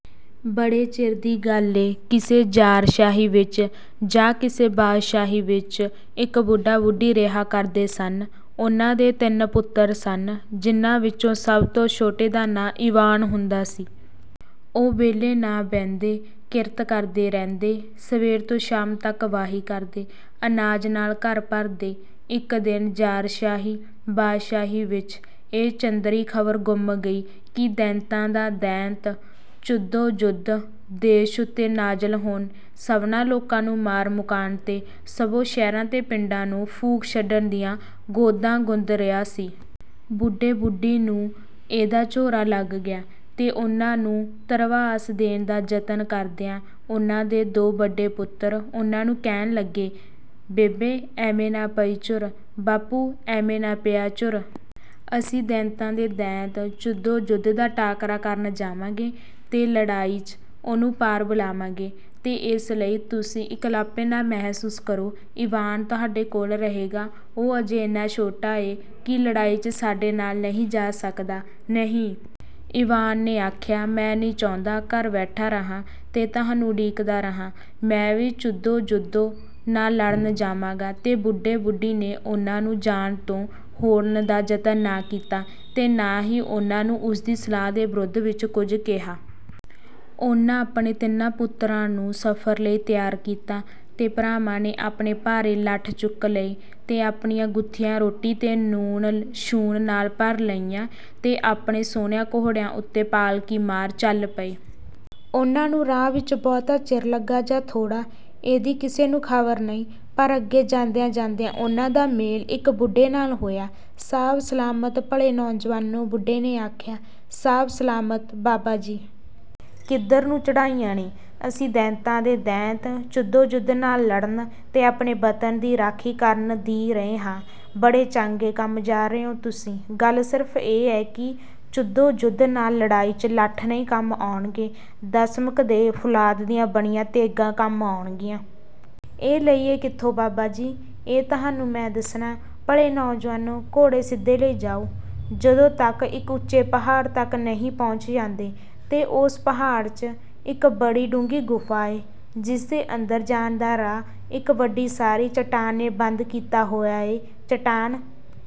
ਬੜੇ ਚਿਰਾਂ ਦੀ ਗਲ ਏ, ਕਿਸੇ ਜ਼ਾਰਸ਼ਾਹੀ ਵਿਚ ਜਾਂ ਕਿਸੇ ਬਾਦਸ਼ਾਹੀ ਵਿਚ, ਇਕ ਬੁੱਢਾ ਬੁੱਢੀ ਰਿਹਾ ਕਰਦੇ ਸਨ। ਉਹਨਾਂ ਦੇ ਤਿੰਨ ਪੁੱਤਰ ਸਨ, ਜਿਨ੍ਹਾਂ ਵਿਚੋਂ ਸਭ ਤੋਂ ਛੋਟੇ ਦਾ ਨਾਂ ਈਵਾਨ ਹੁੰਦਾ ਸੀ। ਉਹ ਵਿਹਲੇ ਨਾ ਬਹਿੰਦੇ, ਕਿਰਤ ਕਰਦੇ ਰਹਿੰਦੇ, ਸਵੇਰ ਤੋਂ ਸ਼ਾਮ ਤੱਕ ਵਾਹੀ ਕਰਦੇ, ਅਨਾਜ ਨਾਲ ਘਰ ਭਰਦੇ। ਇੱਕ ਦਿਨ ਜ਼ਾਰਸ਼ਾਹੀ-ਬਾਦਸ਼ਾਹੀ ਵਿੱਚ ਇਹ ਚੰਦਰੀ ਖ਼ਬਰ ਧੁੰਮ ਗਈ ਕਿ ਦੈਂਤਾਂ ਦਾ ਦੈਂਤ, ਚੁਦੋ-ਯੁਦੋ, ਦੇਸ ਉੱਤੇ ਨਾਜ਼ਲ ਹੋਣ, ਸਭਨਾਂ ਲੋਕਾਂ ਨੂੰ ਮਾਰ ਮੁਕਾਣ ਤੇ ਸਭੋ ਸ਼ਹਿਰਾਂ ਤੇ ਪਿੰਡਾਂ ਨੂੰ ਫੂਕ ਛੱਡਣ ਦੀਆਂ ਗੋਂਦਾਂ ਗੁੰਦ ਰਿਹਾ ਸੀ। ਬੁੱਢੇ-ਬੁੱਢੀ ਨੂੰ ਇਹਦਾ ਝੋਰਾ ਲੱਗ ਗਿਆ, ਤੇ ਉਹਨਾਂ ਨੂੰ ਧਰਵਾਸ ਦੇਣ ਦਾ ਜਤਨ ਕਰਦਿਆਂ, ਉਹਨਾਂ ਦੇ ਦੋ ਵੱਡੇ ਪੁੱਤਰ ਉਹਨਾਂ ਨੂੰ ਕਹਿਣ ਲੱਗੇ: "ਬੇਬੇ, ਐਵੇਂ ਨਾ ਪਈ ਝੁਰ, ਬਾਪੂ, ਐਵੇਂ ਨਾ ਪਿਆ ਝੁਰ! ਅਸੀਂ ਦੈਤਾਂ ਦੇ ਦੈਂਤ, ਚੁਦੋ-ਯੁਦੋ, ਦਾ ਟਾਕਰਾ ਕਰਨ ਜਾਵਾਂਗੇ, ਤੇ ਲੜਾਈ 'ਚ ਉਹਨੂੰ ਪਾਰ ਬੁਲਾਵਾਂਗੇ! ਤੇ ਏਸ ਲਈ ਕਿ ਤੁਸੀਂ ਇਕਲਾਪੇ ਨਾ ਮਹਿਸੂਸ ਕਰੋ, ਈਵਾਨ ਤੁਹਾਡੇ ਕੋਲ ਰਹੇਗਾ। ਉਹ ਅਜੇ ਏਨਾ ਛੋਟਾ ਏ ਕਿ ਲੜਾਈ 'ਚ ਸਾਡੇ ਨਾਲ ਨਹੀਂ ਜਾ ਸਕਦਾ।""ਨਹੀਂ," ਈਵਾਨ ਨੇ ਆਖਿਆ। "ਮੈਂ ਨਹੀਂ ਚਾਹੁੰਦਾ, ਘਰ ਬੈਠਾ ਰਿਹਾਂ ਤੇ ਤੁਹਾਨੂੰ ਉਡੀਕਦਾ ਰਿਹਾਂ। ਮੈਂ ਵੀ ਚੁਦੋ-ਯੁਦੋ ਨਾਲ ਲੜਨ ਜਾਵਾਂਗਾ!" ਤੇ ਬੁੱਢੇ-ਬੁੱਢੀ ਨੇ ਉਹਨੂੰ ਜਾਣ ਤੋਂ ਹੋੜਨ ਦਾ ਜਤਨ ਨਾ ਕੀਤਾ, ਤੇ ਨਾ ਹੀ ਉਹਨਾਂ ਉਹਦੀ ਸਲਾਹ ਦੇ ਵਿਰੋਧ ਵਿੱਚ ਕੁਝ ਕਿਹਾ। ਉਹਨਾਂ ਆਪਣੇ ਤਿੰਨਾਂ ਪੁੱਤਰਾਂ ਨੂੰ ਸਫ਼ਰ ਲਈ ਤਿਆਰ ਕੀਤਾ, ਤੇ ਭਰਾਵਾਂ ਨੇ ਆਪਣੇ ਭਾਰੇ ਲੱਠ ਚੁੱਕ ਲਏ ਤੇ ਆਪਣੀਆਂ ਗੁੱਥੀਆਂ ਰੋਟੀ ਤੇ ਲੂਣ-ਸ਼ੂਣ ਨਾਲ ਭਰ ਲਈਆਂ, ਤੇ ਆਪਣੇ ਸੁਹਣੇ ਘੋੜਿਆਂ ਉੱਤੇ ਪਲਾਕੀ ਮਾਰ, ਚੱਲ ਪਏ। ਉਹਨਾਂ ਨੂੰ ਰਾਹ ਵਿੱਚ ਬਹੁਤਾ ਚਿਰ ਲੱਗਾ ਜਾਂ ਥੋੜ੍ਹਾ, ਇਹਦੀ ਕਿਸੇ ਨੂੰ ਖ਼ਬਰ ਨਹੀਂ, ਪਰ ਅੱਗੇ ਜਾਂਦਿਆਂ-ਜਾਂਦਿਆਂ ਉਹਨਾਂ ਦਾ ਮੇਲ ਇੱਕ ਬੁੱਢੇ ਨਾਲ ਹੋਇਆ। "ਸਾਬ ਸਲਾਮਤ, ਭਲੇ ਨੌਜਵਾਨੋ! " ਬੁੱਢੇ ਨੇ ਆਖਿਆ। "ਸਾਬ ਸਲਾਮਤ, ਬਾਬਾ ਜੀ!" "ਕਿੱਧਰ ਨੂੰ ਚੜ੍ਹਾਈਆਂ ਨੇ?" "ਅਸੀਂ ਦੈਂਤਾਂ ਦੇ ਦੈਂਤ, ਚੁਦੋ-ਯੁਦੋ, ਨਾਲ ਲੜਨ, ਤੇ ਆਪਣੇ ਵਤਨ ਦੀ ਰਾਖੀ ਕਰਨ ਦੀ ਰਹੇ ਹਾਂ।" "ਬੜੇ ਚੰਗੇ ਕੰਮ ਜਾ ਰਹੋ ਤੁਸੀਂ! ਗੱਲ ਸਿਰਫ਼ ਇਹ ਏ ਕਿ ਚੁਦੋ-ਯੁਦੋ ਨਾਲ ਲੜਾਈ 'ਚ ਲੱਠ ਨਹੀਂ ਕੰਮ ਆਉਣ ਲੱਗੇ, ਦਮਸ਼ਕ ਦੇ ਫ਼ੌਲਾਦ ਦੀਆਂ ਬਣੀਆਂ ਤੇਗ਼ਾਂ ਕੰਮ ਆਉਣਗੀਆਂ।" "ਇਹ ਲਈਏ ਕਿੱਥੋਂ, ਬਾਬਾ ਜੀ?" "ਇਹ ਤੁਹਾਨੂੰ ਮੈਂ ਦੱਸਨਾਂ। ਭਲੇ ਨੌਜਵਾਨੋ, ਘੋੜੇ ਸਿੱਧੇ ਲਈ ਜਾਓ, ਜਦੋਂ ਤੱਕ ਇੱਕ ਉੱਚੇ ਪਹਾੜ ਤੱਕ ਨਹੀਂ ਪਹੁੰਚ ਜਾਂਦੇ। ਤੇ ਓਸ ਪਹਾੜ 'ਚ ਇੱਕ ਬੜੀ ਡੂੰਘੀ ਗੁਫ਼ਾ ਏ, ਜਿਹਦੇ ਅੰਦਰ ਜਾਣ ਦਾ ਰਾਹ ਇੱਕ ਵੱਡੀ ਸਾਰੀ ਚਟਾਨ ਨੇ ਬੰਦ ਕੀਤਾ ਹੋਇਆ ਏ। ਚਟਾਨ